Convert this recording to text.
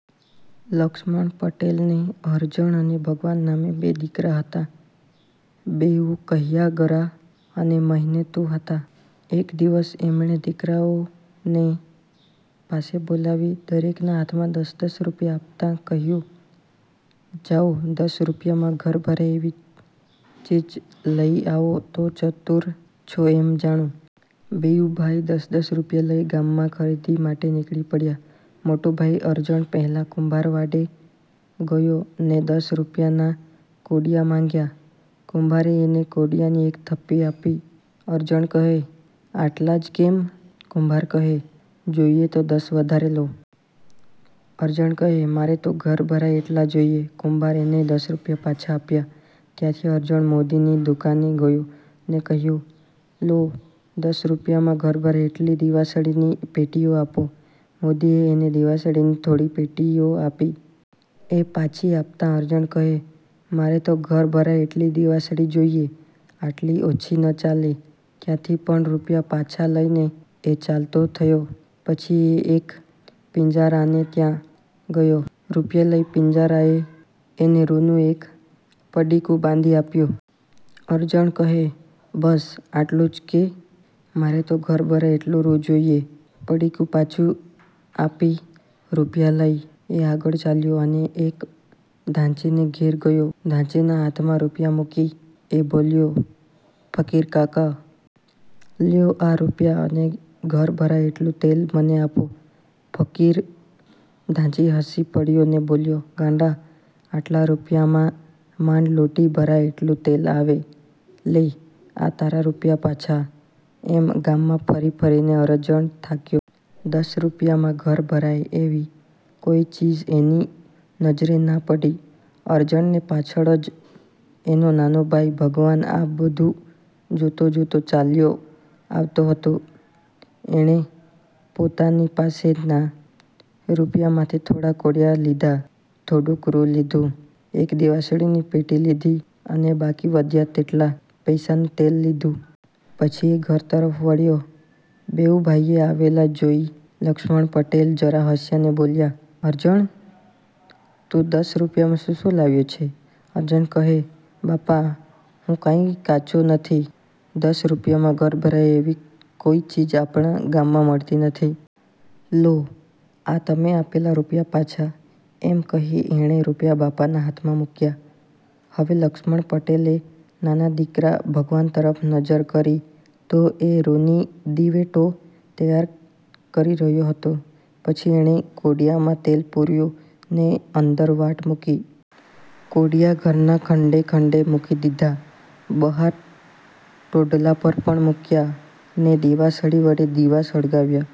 લક્ષ્મણ પટેલને અરજણ અને ભગવાન નામે બે દીકરા હતા. બેઉ કહ્યાગરા અને મહેનતુ હતા. એક દિવસ એમણે દીકરાઓને પાસે બોલાવ્યુ, દરેકના હાથમાં દશ-દશ રૂપિયા આપતાં કહ્યું, જાઓ, દશ રૂપિયામાં ઘર ભરાય એવી ચીજ લઈ આવો તો ચતુર છો એમ જાણું. બેઉ ભાઈ દશ-દશ રૂપિયા લઈ ગામમાં ખરીદી માટે નીકળી પડ્યા. મોટો ભાઈ અરજણ પહેલાં કુંભારવાડે ગયો ને દશ રૂપિયાનાં કોડિયાં માગ્યાં. કુંભારે એને કોડિયાંની એક થપ્પી આપી. અરજણ કહે: આટલાં જ કેમ? કુંભાર કહે: 'જોઈએ તો દશ વધારે લો. અરજણ કહે: મારે તો ઘર ભરાય એટલાં જોઈએ. કુંભારે એને રૂપિયા પાછા આપ્યા. ત્યાંથી અરજણ મોદીની દુકાને ગયો ને કહ્યું: લો દશ રૂપિયામાં ઘર ભરાય એટલી દીવાસળીની પેટીઓ આપો. મોદીએ એને દીવાસળીની થોડી પેટીઓ આપી. એ પાછી આપતાં અરજણ કહે, મારે તો ઘર ભરાય એટલી દીવાસળી જોઈએ. આટલી ઓછી ન ચાલે. ત્યાંથી પણ રૂપિયા પાછા લઈને એ ચાલતો થયો. પછી એ એક પીંજારાને ત્યાં ગયો. રૂપિયા લઈ પીંજારાએ એને રૂનું એક પડીકું બાંધી આપ્યું. અરજણ કહે, બસ, આટલું જ કે? મારે તો ઘર ભરાય એટલું રૂ જોઈએ. પડીકું પાછું આપી, રૂપિયા લઈ, એ આગળ ચાલ્યો અને એક ઘાંચીને ઘેર ગયો. ઘાંચીના હાથમાં રૂપિયા મૂકી એ બોલ્યો: ફકીરકાકા! લ્યો આ રૂપિયા અને ઘર ભરાય એટલું તેલ મને આપો. ફકીર ઘાંચી હસી પડ્યો ને બોલ્યો, ગાંડા! આટલા રૂપિયામાં માંડ લોટી ભરાય એટલું તેલ આવે. લે, આ તારા રૂપિયા પાછા. એમ ગામમાં ફરી ફરીને અરજણ થાક્યો. દશ રૂપિયામાં ઘર ભરાય એવી કોઈ ચીજ એની નજરે ના પડી. અરજણને પાછળ જ એનો નાનો ભાઈ ભગવાન આ બધું જોતો જોતો ચાલ્યો આવતો હતો. એણે પોતાની પાસેના રૂપિયામાંથી થોડાં કોડિયાં લીધાં. થોડુંક રૂ લીધું, એક દીવાસળીની પેટી લીધી અને બાકી વધ્યા તેટલા પૈસાનું તેલ લીધું. પછી એ ઘર તરફ વળ્યો. બેઉ ભાઈને આવેલા જોઈ લક્ષ્મણ પટેલ જરા હસ્યા ને બોલ્યા, અરજણ! તું દશ રૂપિયામાં શું શું લાવ્યો છે? અરજણ કહે, બાપા! હું કાંઈ કાચો નથી. દશ રૂપિયામાં ઘર ભરાય એવી કોઈ ચીજ આપણા ગામમાં મળતી નથી. લો, આ તમે આપેલા રૂપિયા પાછા. એમ કહી એણે રૂપિયા બાપાના હાથમાં મૂક્યા.. હવે લક્ષ્મણ પટેલે નાના દીકરા ભગવાન તરફ નજર કરી તો એ રૂની દિવેટો તૈયાર કરી રહ્યો હતો. પછી એણે કોડિયામાં તેલ પૂર્યું ને અંદર વાટ મૂકી. કોડિયાં ઘરના ખંડે ખંડે મૂકી દીધાં. બહાર ટોડલા પર પણ મૂક્યાં, ને દીવાસળી વડે દીવા સળગાવ્યા.